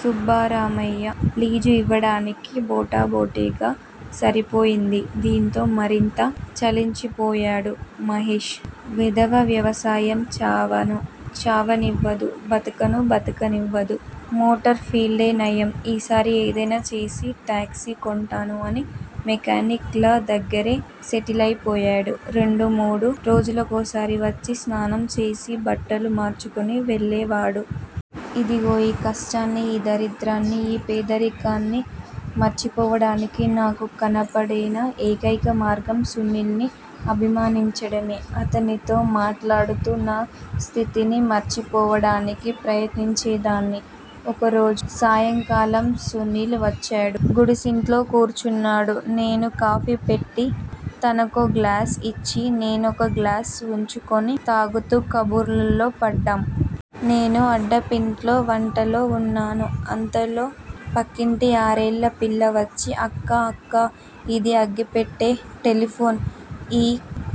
Subbaramaiah lease ఇవ్వడానికి బొటాబొటిగా సరిపోయింది. దీంతో మరింత చలించిపోయాడు మహేష్. వెధవ వ్యవసాయం చావానూ చావనివ్వదు, బతకనూ బతకనివ్వదు. మోటార్ ఫీల్డేనయం. ఈసారి ఏదైనా చేసి టాక్సీ కొంటాను అని మెకానిక్ ల దగ్గరే సెటిలైపోయాడు. రెండు మూడు రోజులకొకసారి వచ్చి స్నానం చేసి బట్టలు మార్చుకుని వెళ్ళేవాడు. ఇదిగో ఈ కష్టాల్ని, ఈ దరిద్రాన్ని, ఈ పేదరికాన్ని మరచిపోవడానికి నాకు కనపడిన ఏకైక మార్గం సునీల్ ని అభిమానించడమే. అతనితో మాట్లాడుతూ నా స్థితిని మరిచిపోవడానికి ప్రయత్నించేదాన్ని. ఓరోజు సాయంకాలం సునీల్ వచ్చాడు. గుడిసింట్లో కూర్చున్నాడు. నేను కాఫీ పెట్టి తనకో గ్లాస్ ఇచ్చి, నేనొక గ్లాస్ వుంచుకుని తాగుతూ కబుర్లలో పడ్డాం. నేను అడ్డాపింట్లో వంటలో వున్నాను. అంతలో పక్కింటి ఆరేళ్ళపిల్ల వచ్చి అక్కా! అక్కా! ఇది అగ్గెపెట్టె టెలిఫోన్. ఈ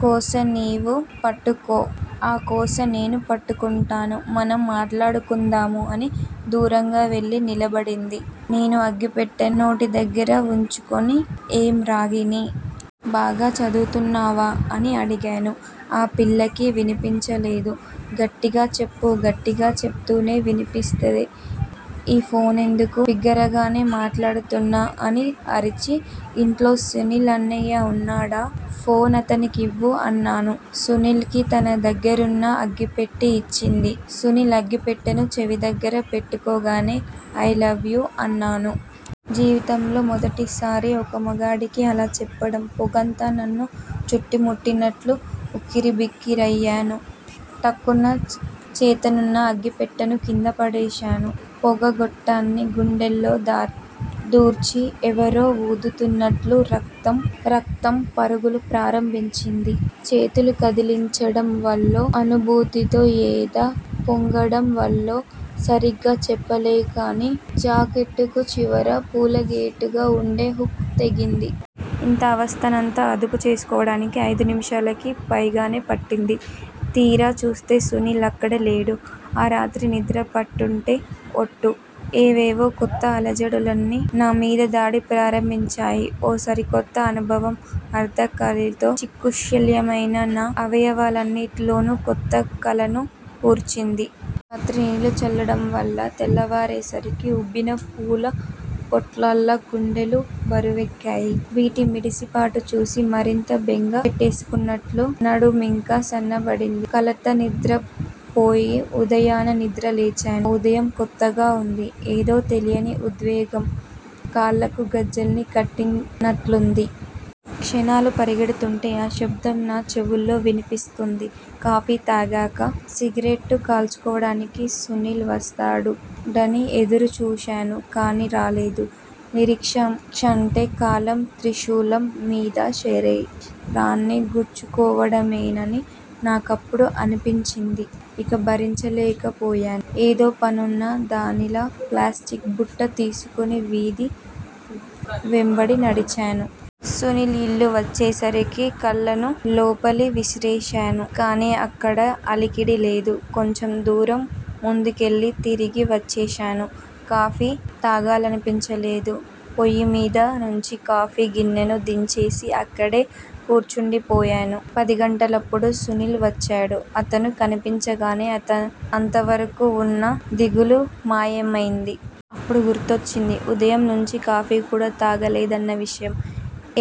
కొస నీవు పట్టుకో, ఆ కొస నేను పట్టుకుంటాను. మనం మాట్లాడుకుందాము అని దూరంగా వెళ్ళి నిలబడింది. నేను అగ్గిపెట్టెను నోటిదగ్గర వుంచుకొని, ఏం రాగిణీ! బాగా చదువుతున్నావా? అని అడిగాను. ఆ పిల్లకి వినిపించలేదు. గట్టిగా చెప్పు గట్టిగా చెబితేనే వినిపిస్తే ఈ ఫోనెందుకు? బిగ్గరగానే మాట్లాడుతున్నా అని అరిచి, ఇంట్లో సునీల్ అన్నయ్య వున్నాడు, ఫోన్ అతనికి ఇవ్వు అన్నాను. సునీల్ కి తన దగ్గరున్న అగ్గిపెట్టె యిచ్చింది. సునీల్ అగ్గిపెట్టెను చెవి దగ్గర పెట్టుకాగానే ఐ లవ్ యు అన్నాను. జీవితంలో మొదటిసారి ఒక మగాడికి అలా చెప్పడం పొగంతా నన్ను చుట్టుముట్టినట్లు ఉక్కిరిబిక్కిరయ్యాను. ఠక్కున చేతనున్న అగ్గిపెట్టెను కిందపడేశాను. పొగ గొట్టాన్ని గుండెల్లో దూర్చి ఎవరో వూదుతున్నట్లు రక్తం పరుగులు ప్రారంభించింది. చేతులు కదిలించడం వల్లో అనుభూతితో ఎద పొంగడం వల్లో సరిగ్గా చెప్పలేనుకాని జాకెట్టుకు చివర పూలగేటుగా వుండే హుక్ తెగింది. ఇంత అవస్థనంతా అదుపు చేసుకోవడానికి ఐదు నిముషాలకి పైగానే పట్టింది. తీరా చూస్తే సునీల్ అక్కడ లేడు. ఆ రాత్రి నిద్ర పట్టుంటే ఒట్టు. ఏవేవో కొత్త అలజడులన్నీ నామీద దాడి ప్రారంభించాయి. ఓ సరికొత్త అనుభవం అర్ధాకలితో చిక్కిశల్యమైన నా అవయవాలన్నిటిలోనూ కొత్త కళను కూర్చింది. రాత్రి నీళ్ళు చల్లడం వల్ల తెల్లవారేసరికి ఉబ్బిన పూల పొట్లాల్లా గుండెలు బరువెక్కాయి. వీటి మిడిసిపాటు చూసి మరింత బెంగ పెట్టేసుకున్నట్లు నడుం ఇంకా సన్నబడింది. కలత నిద్రపోయి, ఉదయాన నిద్ర లేచాను, ఆ ఉదయం కొత్తగా, వుంది. ఏదో తెలియని ఉద్వేగం కాళ్ళకు గజ్జెల్ని కట్టినట్లుంది. క్షణాలు పరిగెడుతుంటే, ఆ శబ్దం నా చెవుల్లో విన్పిస్తోంది. కాఫీ తాగాక సిగరెట్టు కాల్చుకోవడానికి సునీల్ వస్తాడని ఎదురు చూశాను కానీ రాలేదు. నిరీక్షణంటే కాలం త్రిశూలం మీద శరీరాన్ని గుచ్చుకోవడమేనని నాకప్పుడు అనిపించింది. ఇక భరించలేక పోయాను. ఏదో పనున్న దానిలా ప్లాస్టిక్ బుట్ట తీసుకుని వీధి వెంబడి నడిచాను. సునీల్ ఇల్లు వచ్చేసరికి కళ్ళను లోపలి విసిరేశాను. కానీ అక్కడా అలికిడి లేదు. కొంచెం దూరం ముందుకెళ్ళి, తిరిగి వచ్చేశాను. కాఫీ తాగాలనిపించలేదు. పొయ్యిమీద నుంచి కాఫీ గిన్నెను దించేసి అక్కడే కూర్చుండిపోయాను. పదిగంటలప్పుడు సునీల్ వచ్చాడు. అతను కనిపించగానే అంతవరకు వున్న దిగులు మాయమైంది. అప్పుడు గుర్తొచ్చింది ఉదయం నుంచీ కాఫీ కూడా తాగలేదన్న విషయం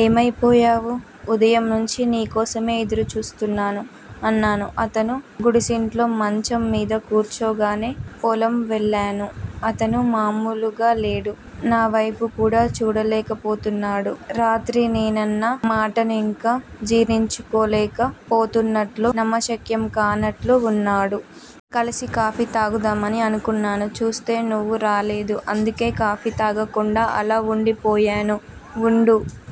ఏమైపోయావు? ఉదయం నుంచీ నీ కోసమే ఎదురుచూస్తున్నాను అన్నాను అతను గుడిసింట్లో మంచం మీద కూర్చోగానే. పొలం వెళ్ళాను అతనూ మామూలుగా లేడు. నావైపు కూడా చూడలేకపోతున్నాడు. రాత్రి నేనన్న మాటను ఇంకా జీర్ణించుకోలేక పోతున్నట్లు, నమ్మశక్యం కానట్లు వున్నాడు. కలిసి కాఫీ తాగుదామని అనుకున్నాను. చూస్తే నువ్వు రాలేదు. అందుకే కాఫీ తాగకుండా అలా వుండిపోయాను. వుండు-